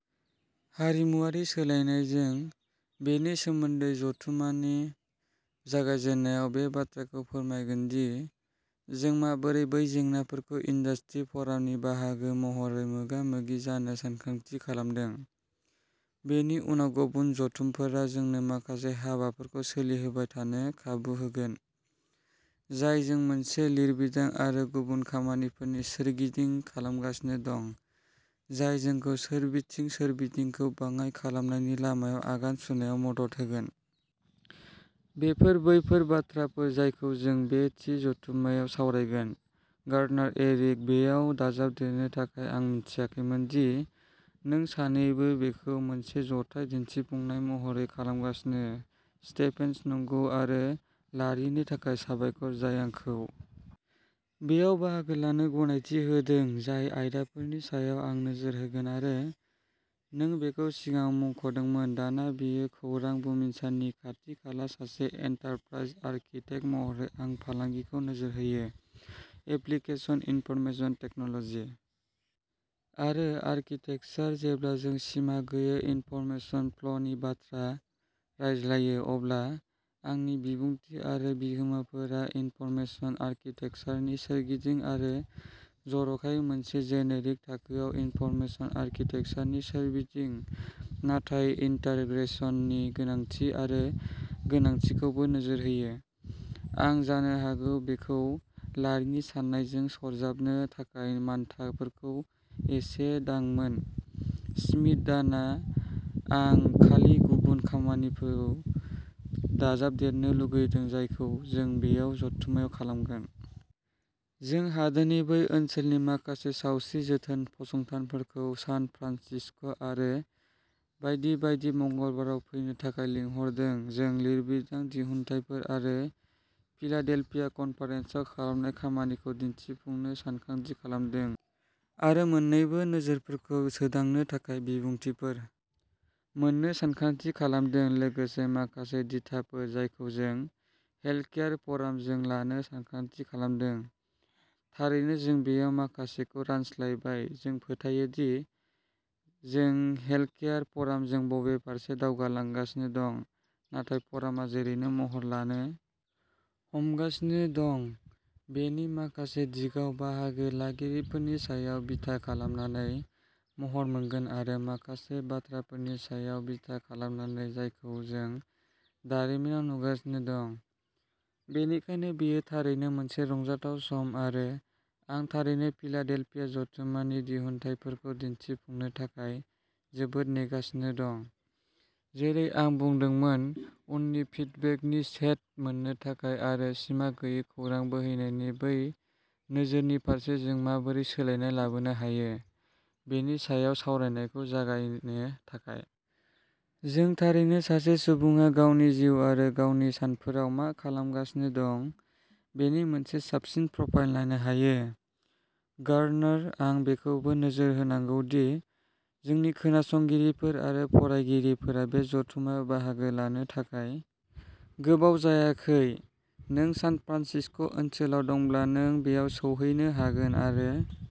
हारिमुआरि सोलायनाय जों बेनि सोमोन्दै जथुम्मानि जागायजेन्नायाव बे बाथ्राखौ फोरमायगोन दि जों माबोरै बै जेंनाफोरखौ इन्दास्ट्रि फ'रामनि बाहागो महरै मोगा मोगि जानो सानथांखि खालामदों। बेनि उनाव गुबुन जथुमफोरा जोंनो माखासे हाबाफोरखौ सोलिहोबाय थानो खाबु होगोन जाय जों मोनसे लिरबिदां आरो गुबुन खामानिफोरनि सोरगिदिं खालामगासिनो दं जाय जोंखौ सोरबिथिं सोरबिथिंखौ बाङाइ खालामनायनि लामायाव आगान सुरनायाव मदद होगोन। बेफोर बैफोर बाथ्राफोर जायखौ जों बे थि जथुम्मायाव सावरायगोन गार्डनार एरिक बेयाव दाजाबदेरनो थाखाय आं मिन्थियाखैमोन दि नों सानैबो बेखौ मोनसे जथाय दिन्थिफुंनाय महरै खालामगासिनो स्टेफेनस नंगौ आरो लारिनि थाखाय साबायखर जाय आंखौ बेयाव बाहागो लानो गनायथि होदों जाय आयदाफोरनि सायाव आं नोजोर होगोन आरो नों बेखौ सिगाङाव मुंख'दोंमोन दाना बेयो खौरां बुमिनसारनि खाथि खाला सासे एन्टारप्राइज आर्किटेक्ट महरै आं फालांगिखौ नोजोर होयो एप्लिकेसन इनफरमेशन टेक्न'ल'जि आरो आर्किटेकचार जेब्ला जों सिमा गैयै इनफरमेशन फ्ल'नि बाथ्रा रायज्लायो अब्ला आंनि बिबुंथि आरो बिहोमाफोरा इनफरमेशन आर्किटेकचारनि सोरगिदिं आरो जर'खायै मोनसे जेनेरिक थाखोआव इनफरमेशन आर्किटेकचारनि सोरबिथिं नाथाय इन्टिग्रेसननि गोनांथि आरो गोनांथिखौबो नोजोर होयो आं जानो हागौ बेखौ लारिनि साननायजों सरजाबनो थाखाय मानथाखोफोरखौ एसे दांगोन श्मिट डाना आं खालि गुबुन खामानिखौ दाजाबदेरनो लुगैदों जायखौ जों बेयाव जथुम्मायाव खालामगोन। जों हादोरनि बै ओनसोलनि माखासे सावस्रि जोथोन फसंथानफोरखौ सान फ्रान्सिस्क'आरो बायदि बायदि मंगलबाराव फैनो थाखाय लिंहरदों जों लिरबिदांनि दिहुनथायफोर आरो फिलाडेल्फिया कनफारेन्सआव खालामनाय खामानिखौ दिन्थिफुंनो सानथांखि खालामदों आरो मोन्नैबो नोजोरफोरखौ सोदांनो थाखाय बिबुंथिफोर मोन्नो सानथांखि खालामदों लोगोसे माखासे दिथाफोर जायखौ जों हेल्थकेयार फरामजों लानो सानथांखि खालामदों थारैनो जों बेयाव माखासेखौ रानस्लायबाय जों फोथायो दि जों हेल्थकेयार फ'रामजों बबे फारसे दावगालांगासिनो दं नाथाय फ'रामआ जेरैनो महर लानो हमगासिनो दं बेनि माखासे दिगाव बाहागो लागिरिफोरनि सायाव बिथा खालामनानै महर मोनगोन आरो माखासे बाथ्राफोरनि सायाव बिथा खालामनानै जायखौ जों दारिमिनाव नुगासिनो दं बेनिखायनो बेयो थारैनो मोनसे रंजाथाव सम आरो आं थारैनो फिलाडेल्फिया जथुम्मानि दिहुनथाइफोरखौ दिन्थिफुंनो थाखाय जोबोद नेगासिनो दं जेरै आं बुंदोंमोन उननि फिडबेकनि सेट मोन्नो थाखाय आरो सिमा गैयै खौरां बोहैनायनि बै नोजोरनि फारसे जों माबोरै सोलायनाय लाबोनो हायो बेनि सायाव सावरायनायखौ जागायनो थाखाय। जों थारैनो सासे सुबुङा गावनि जिउ आरो गावनि सानफोराव मा खालामगासिनो दं बेनि मोनसे साबसिन प्रफाइल नायनो हायो। गार्डनार आं बेखौबो नोजोर होनांगौ दि जोंनि खोनासंगिरिफोर आरो फरायगिरिफोरा बे जथुम्मायाव बाहागो लानो थाखाय गोबाव जायाखै नों सान फ्रान्सिस्क'ओनसोलाव दंब्ला नों बैयाव सौहैनो हागोन आरो